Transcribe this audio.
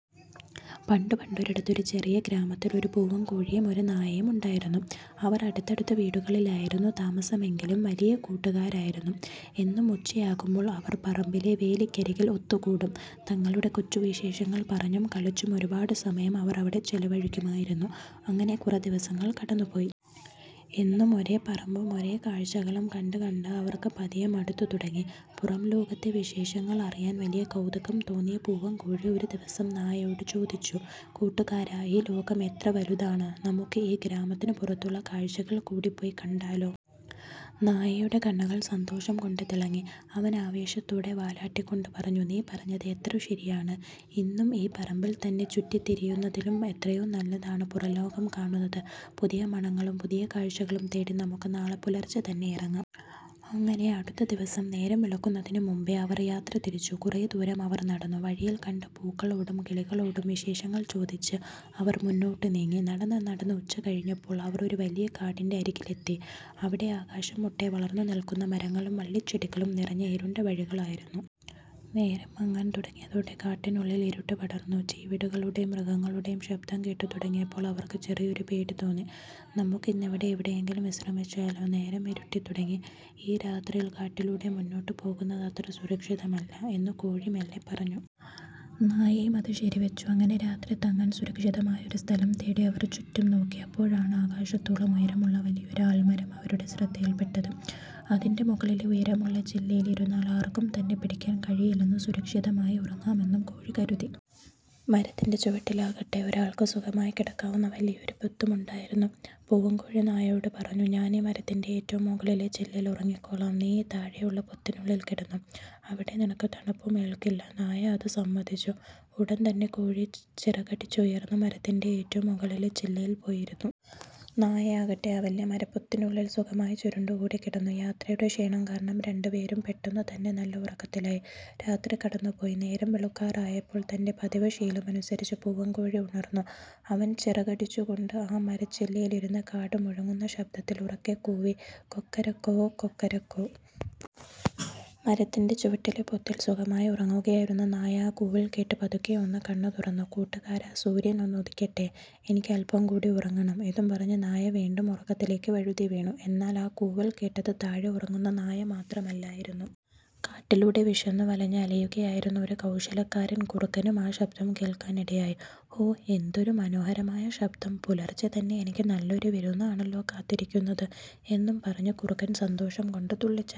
പണ്ടു പണ്ടൊരിടത്ത് ഒരു ചെറിയ ഗ്രാമത്തിൽ ഒരു പൂവൻകോഴിയും ഒരു നായയും ഉണ്ടായിരുന്നു. അവർ അടുത്തടുത്ത വീടുകളിലായിരുന്നു താമസമെങ്കിലും വലിയ കൂട്ടുകാരായിരുന്നു. എന്നും ഉച്ചയാകുമ്പോൾ അവർ പറമ്പിലെ വേലിക്കരികിൽ ഒത്തുകൂടും. തങ്ങളുടെ കൊച്ചു വിശേഷങ്ങൾ പറഞ്ഞും കളിച്ചും ഒരുപാട് സമയം അവർ അവിടെ ചിലവഴിക്കുമായിരുന്നു. അങ്ങനെ കുറെ ദിവസങ്ങൾ കടന്നുപോയി. എന്നും ഒരേ പറമ്പും ഒരേ കാഴ്ചകളും കണ്ടു കണ്ട് അവർക്ക് പതിയെ മടുത്തു തുടങ്ങി. പുറംലോകത്തെ വിശേഷങ്ങൾ അറിയാൻ വലിയ കൗതുകം തോന്നിയ പൂവൻകോഴി ഒരു ദിവസം നായയോട് ചോദിച്ചു: "കൂട്ടുകാരാ, ഈ ലോകം എത്ര വലുതാണ്! നമുക്ക് ഈ ഗ്രാമത്തിന് പുറത്തുള്ള കാഴ്ചകൾ കൂടി പോയി കണ്ടാലോ? " നായയുടെ കണ്ണുകൾ സന്തോഷം കൊണ്ട് തിളങ്ങി. അവൻ ആവേശത്തോടെ വാലാട്ടിക്കൊണ്ട് പറഞ്ഞു: "നീ പറഞ്ഞത് എത്ര ശരിയാണ്! എന്നും ഈ പറമ്പിൽ തന്നെ ചുറ്റിത്തിരിയുന്നതിലും എത്രയോ നല്ലതാണ് പുറംലോകം കാണുന്നത്. പുതിയ മണങ്ങളും പുതിയ കാഴ്ചകളും തേടി നമുക്ക് നാളെ പുലർച്ചെ തന്നെ ഇറങ്ങാം! " അങ്ങനെ അടുത്ത ദിവസം നേരം വെളുക്കുന്നതിന് മുൻപേ അവർ യാത്ര തിരിച്ചു. കുറെ ദൂരം അവർ നടന്നു. വഴിയിൽ കണ്ട പൂക്കളോടും കിളികളോടും വിശേഷങ്ങൾ ചോദിച്ച് അവർ മുന്നോട്ട് നീങ്ങി. നടന്ന് നടന്ന് ഉച്ച കഴിഞ്ഞപ്പോൾ അവർ ഒരു വലിയ കാടിന്റെ അരികിലെത്തി. അവിടെ ആകാശം മുട്ടെ വളർന്നു നിൽക്കുന്ന മരങ്ങളും വള്ളിച്ചെടികളും നിറഞ്ഞ ഇരുണ്ട വഴികളായിരുന്നു. നേരം മങ്ങാൻ തുടങ്ങിയതോടെ കാടിനുള്ളിൽ ഇരുട്ട് പടർന്നു. ചീവീടുകളുടെയും മൃഗങ്ങളുടെയും ശബ്ദം കേട്ട് തുടങ്ങിയപ്പോൾ അവർക്ക് ചെറിയൊരു പേടി തോന്നി. "നമുക്ക് ഇന്ന് ഇവിടെ എവിടെയെങ്കിലും വിശ്രമിച്ചാലോ? നേരം ഇരുട്ടിത്തുടങ്ങി, ഈ രാത്രിയിൽ കാട്ടിലൂടെ മുന്നോട്ട് പോകുന്നത് അത്ര സുരക്ഷിതമല്ല," എന്ന് കോഴി മെല്ലെ പറഞ്ഞു. നായയും അത് ശരിവച്ചു. അങ്ങനെ രാത്രി തങ്ങാൻ സുരക്ഷിതമായ ഒരു സ്ഥലം തേടി അവർ ചുറ്റും നോക്കി. അപ്പോഴാണ് ആകാശത്തോളം ഉയരമുള്ള വലിയൊരു ആൽമരം അവരുടെ ശ്രദ്ധയിൽപ്പെട്ടത്. അതിന്റെ മുകളിലെ ഉയരമുള്ള ചില്ലയിൽ ഇരുന്നാൽ ആർക്കും തന്നെ പിടിക്കാൻ കഴിയില്ലെന്നും സുരക്ഷിതമായി ഉറങ്ങാമെന്നും കോഴി കരുതി. മരത്തിന്റെ ചുവട്ടിലാകട്ടെ, ഒരാൾക്ക് സുഖമായി കിടക്കാവുന്ന വലിയൊരു പൊത്തുമുണ്ടായിരുന്നു. പൂവൻകോഴി നായയോട് പറഞ്ഞു, "ഞാൻ ഈ മരത്തിന്റെ ഏറ്റവും മുകളിലെ ചില്ലയിൽ ഉറങ്ങിക്കോളാം. നീ ഈ താഴെയുള്ള പൊത്തിനുള്ളിൽ കിടന്നോ, അവിടെ നിനക്ക് തണുപ്പും ഏൽക്കില്ല. " നായ അത് സമ്മതിച്ചു. ഉടൻ തന്നെ കോഴി ചിറകടിച്ചുയർന്ന് മരത്തിന്റെ ഏറ്റവും മുകളിലെ ചില്ലയിൽ പോയി ഇരുന്നു. നായയാകട്ടെ, ആ വലിയ മരപ്പൊത്തിനുള്ളിൽ സുഖമായി ചുരുണ്ടുകൂടി കിടന്നു. യാത്രയുടെ ക്ഷീണം കാരണം രണ്ടുപേരും പെട്ടെന്നുതന്നെ നല്ല ഉറക്കത്തിലായി. രാത്രി കടന്നുപോയി. നേരം വെളുക്കാറായപ്പോൾ, തന്റെ പതിവ് ശീലമനുസരിച്ച് പൂവൻകോഴി ഉണർന്നു. അവൻ ചിറകടിച്ചു കൊണ്ട് ആ മരച്ചില്ലയിലിരുന്ന് കാട് മുഴങ്ങുന്ന ശബ്ദത്തിൽ ഉറക്കെ കൂവി: "കൊക്കരക്കോ… കൊക്കരക്കോ…! '" മരത്തിന്റെ ചുവട്ടിലെ പൊത്തിൽ സുഖമായി ഉറങ്ങുകയായിരുന്ന നായ ആ കൂവൽ കേട്ട് പതുക്കെ ഒന്നു കണ്ണ് തുറന്നു. "കൂട്ടുകാരാ, സൂര്യൻ ഒന്ന് ഉദിക്കട്ടെ, എനിക്ക് അല്പം കൂടി ഉറങ്ങണം," ഇതും പറഞ്ഞ് നായ വീണ്ടും ഉറക്കത്തിലേക്ക് വഴുതിവീണു. എന്നാൽ ആ കൂവൽ കേട്ടത് താഴെ ഉറങ്ങുന്ന നായ മാത്രമല്ലായിരുന്നു. കാട്ടിലൂടെ വിശന്നു വലഞ്ഞ് അലയുകയായിരുന്ന ഒരു കൗശലക്കാരൻ കുറുക്കനും ആ ശബ്ദം കേൾക്കാനിടയായി. 'ഹോ! എന്തൊരു മനോഹരമായ ശബ്ദം! പുലർച്ചെ തന്നെ എനിക്ക് നല്ലൊരു വിരുന്നാണല്ലോ കാത്തിരിക്കുന്നത്! ' എന്നും പറഞ്ഞ് കുറുക്കൻ സന്തോഷം കൊണ്ട് തുള്ളിച്ചാടി.